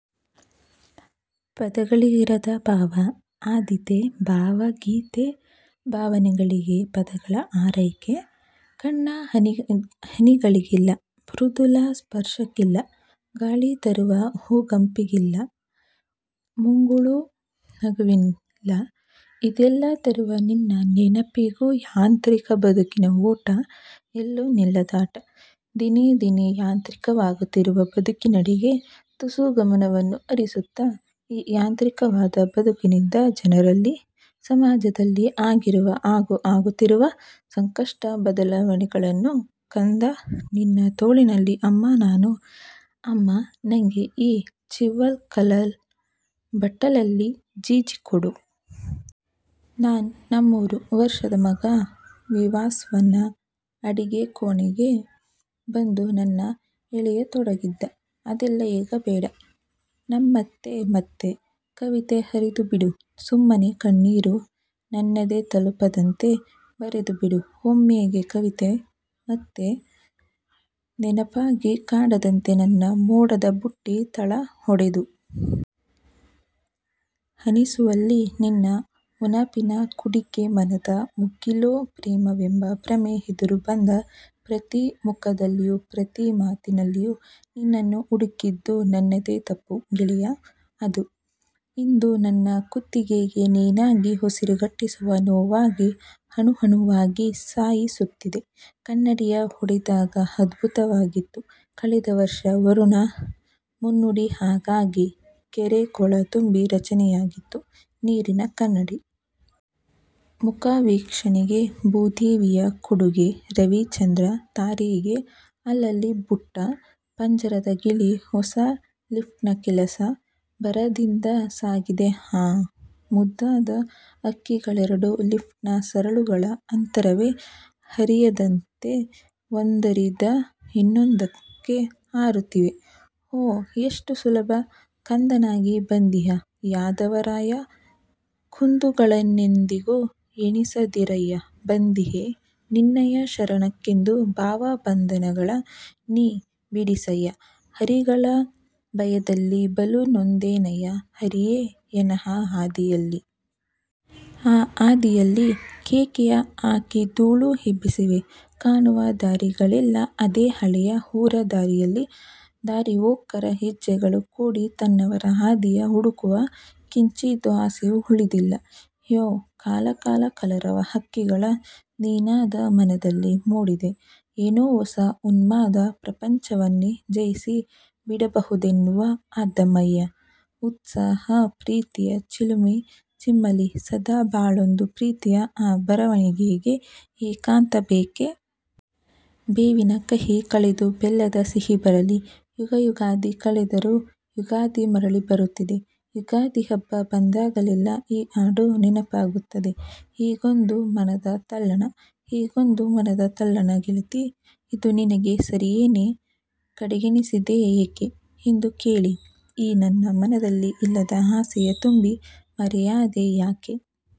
ಪದಗಳಿರದ ಭಾವ ಆದೀತೆ ಭಾವಗೀತೆ ಭಾವನೆಗಳಿಗೇಕೆ ಪದಗಳ ಹಾರೈಕೆ? ಕಣ್ಣ ಹನಿಗಳಿಗಿಲ್ಲ, ಮೃದುಲ ಸ್ಪರ್ಶಕ್ಕಿಲ್ಲ ಗಾಳಿ ತರುವ ಹೂಗಂಪಿಗಿಲ್ಲ, ಮುಗುಳು ನಗುವಿಗಿಲ್ಲ ಇದೆಲ್ಲ ತರುವ ನಿನ್ನ ನೆನಪಿಗೂ ಯಾಂತ್ರಿಕ ಬದುಕಿನ ಓಟ, ಎಲ್ಲೂ ನಿಲ್ಲದಾಟ! ದಿನೇದಿನೇ ಯಾಂತ್ರಿಕವಾಗುತ್ತಿರುವ ಬದುಕಿನೆಡೆಗೆ ತುಸು ಗಮನವನ್ನು ಹರಿಸುತ್ತಾ, ಈ ಯಾಂತ್ರಿಕವಾದ ಬದುಕಿನಿಂದ; ಜನರಲ್ಲಿ, ಸಮಾಜದಲ್ಲಿ ಆಗಿರುವ ಹಾಗೂ ಆಗುತ್ತಿರುವ ಸಾಕಷ್ಟು ಬದಲಾವಣೆಗಳನ್ನು ಕಂದಾ ನಿನ್ನ ತೋಳಿನಲ್ಲಿ ಅಮ್ಮಾ ನಾನು ''ಅಮ್ಮಾ, ನಂಗೆ ಈ ಚಿವ್ವಲ್ ಕಲಲ್ ಬಟ್ಟಲಲ್ಲಿ ಜೀಜಿ ಕೊಡು''. ನನ್ ನಮೂರು ವರ್ಷದ ಮಗ ವಿವಸ್ವಾನ ಅಡಿಗೆ ಕೋಣೆಗೆ ಬಂದು ನನ್ನ ಎಳೆಯತೊಡಗಿದ. "ಅದೆಲ್ಲ ಈಗ ಬೇಡ. ನಮತ್ತೆ ಮತ್ತೆ ಕವಿತೆ ಹರಿದು ಬಿಡು ಸುಮ್ಮನೆ ಕಣ್ಣೀರು ನನ್ನೆದೆ ತಲುಪದಂತೆ ಬರೆದುಬಿಡು ಒಮ್ಮೆಗೆ ಕವಿತೆ ಮತ್ತೆ ನೆನಪಾಗಿ ಕಾಡದಂತೆ ನನ್ನ ಮೋಡದ ಬುಟ್ಟಿ ತಳ ಒಡೆದು ಹನಿಸುವಲ್ಲಿ ನಿನ್ನ ಒನಪಿನ ಕುಡಿಕೆ ಮನದ ಮುಗಿಲೊ ಪ್ರೇಮವೆಂಬ ಭ್ರಮೆ ಎದುರು ಬಂದ ಪ್ರತಿ ಮುಖದಲ್ಲಿಯೂ ಪ್ರತಿ ಮಾತಿನಲ್ಲಿಯೂ ನಿನ್ನನ್ನು ಹುಡುಕಿದ್ದು ನನ್ನದೇ ತಪ್ಪು ಗೆಳೆಯಾ ಅದು ಇಂದು ನನ್ನ ಕುತ್ತಿಗೆಗೇ ನೇಣಾಗಿ ಉಸಿರುಗಟ್ಟಿಸುವ ನೋವಾಗಿ ಅಣು ಅಣುವಾಗಿ ಸಾಯಿಸುತ್ತಿದೆ, ಕನ್ನಡಿಯ ಒಡೆದಾಗ ಅದ್ಭುತವಾಗಿತ್ತು ಕಳೆದ ವರ್ಷ ವರುಣನ ಮುನ್ನುಡಿ ಹಾಗಾಗಿ, ಕೆರೆ ಕೊಳ್ಳ ತುಂಬಿ ರಚನೆಯಾಗಿತ್ತು ನೀರಿನ ಕನ್ನಡಿ. ಮುಖ ವೀಕ್ಷಣೆಗೆ ಭೂದೇವಿಯ ಕೊಡುಗೆ ರವಿ ಚಂದ್ರ ತಾರೆಗೆ ಅಲ್ಲಲ್ಲಿ ಬುಟ್ಟ, ಪಂಜರದ ಗಿಳಿ ಹೊಸ ಲಿಫ್ಟ್ ನ ಕೆಲಸ ಭರದಿಂದ ಸಾಗಿದೆ ಆಹಾ! ಮುದ್ದಾದ ಹಕ್ಕಿಗಳೆರಡು ಲಿಫ್ಟ್ ನ ಸರಳುಗಳ ಅಂತರವೇ ಅರಿಯದಂತೆ ಒಂದರಿಂದ ಇನ್ನೊಂದಕ್ಕೆ ಹಾರುತ್ತಿವೆ. ಹೋ! ಎಷ್ಟು ಸುಲಭ. ಕಂದನಾಗಿ ಬಂದಿಹ ಯಾದವರಾಯ ಕುಂದುಗಳನೆಂದಿಗೂ ಎಣಿಸದಿರಯ್ಯ ಬಂದಿಹೆ ನಿನ್ನಯ ಶರಣಕ್ಕಿಂದು ಭವ ಬಂಧನಗಳ ನೀ ಬಿಡಿಸಯ್ಯ ಅರಿಗಳ ಭಯದಲಿ ಬಲು ನೊಂದೆನಯ್ಯ ಹರಿಯೇ ಎನ್ನ ಆ ಹಾದಿಯಲಿ. ಆ ಹಾದಿಯಲಿ.. ಕೇಕೆಯ ಹಾಕಿ ಧೂಳು ಎಬ್ಬಿಸಿವೆ ಕಾಣುವ ದಾರಿಗಳೆಲ್ಲ ಅದೇ ಹಳೆಯ ಊರ ದಾರಿಯಲಿ ದಾರಿಹೋಕರ ಹೆಜ್ಜೆಗಳು ಕೂಡಿ ತನ್ನವರ ಹಾದಿಯ ಹುಡುಕುವ ಕಿಂಚಿತ್ತು ಆಸೆಯೂ ಉಳಿದಿಲ್ಲ. ಯೌ- ಕಲ ಕಲ ಕಲರವ ಹಕ್ಕಿಗಳ ನಿನಾದ ಮನದಲ್ಲಿ ಮೂಡಿದೆ ಏನೋ ಹೊಸ ಉನ್ಮಾದ ಪ್ರಪಂಚವನ್ನೇ ಜಯಿಸಿ ಬಿಡದಬಹುದೆನ್ನುವ ಅದಮ್ಯ ಉತ್ಸಾಹ ಪ್ರೀತಿಯ ಚಿಲುಮೆ ಚಿಮ್ಮಲಿ ಸದಾ ಬಾಳೊಂದು ಪ್ರೀತಿಯ ಆ ಬರವಣಿಗೆಗೆ ಏಕಾಂತ ಬೇಕೇ? ಬೇವಿನ ಕಹಿ ಕಳೆದು ಬೆಲ್ಲದ ಸಿಹಿ ಬರಲಿ- ಯುಗ ಯುಗಾದಿ ಕಳೆದರು ಯುಗಾದಿ ಮರಳಿ ಬರುತಿದೆ.. ಯುಗಾದಿ ಹಬ್ಬ ಬಂದಾಗಲೆಲ್ಲ ಈ ಹಾಡು ನೆನಪಾಗುತ್ತದೆ. ಹೀಗೊಂದು ಮನದ ತಲ್ಲಣ- ಹೀಗೊಂದು ಮನದ ತಲ್ಲಣ ಗೆಳತಿ ಇದು ನಿನಗೆ ಸರಿಯೇನೆ? ಕಡೆಗಣಿಸಿದೆ ಏಕೆ? ಎಂದು ಕೇಳಿ.. ಈ ನನ್ನ ಮನದಲ್ಲಿ ಇಲ್ಲದ ಆಸೆಯ ತುಂಬಿ.. ಮರೆಯಾದೆ ಯಾಕೆ?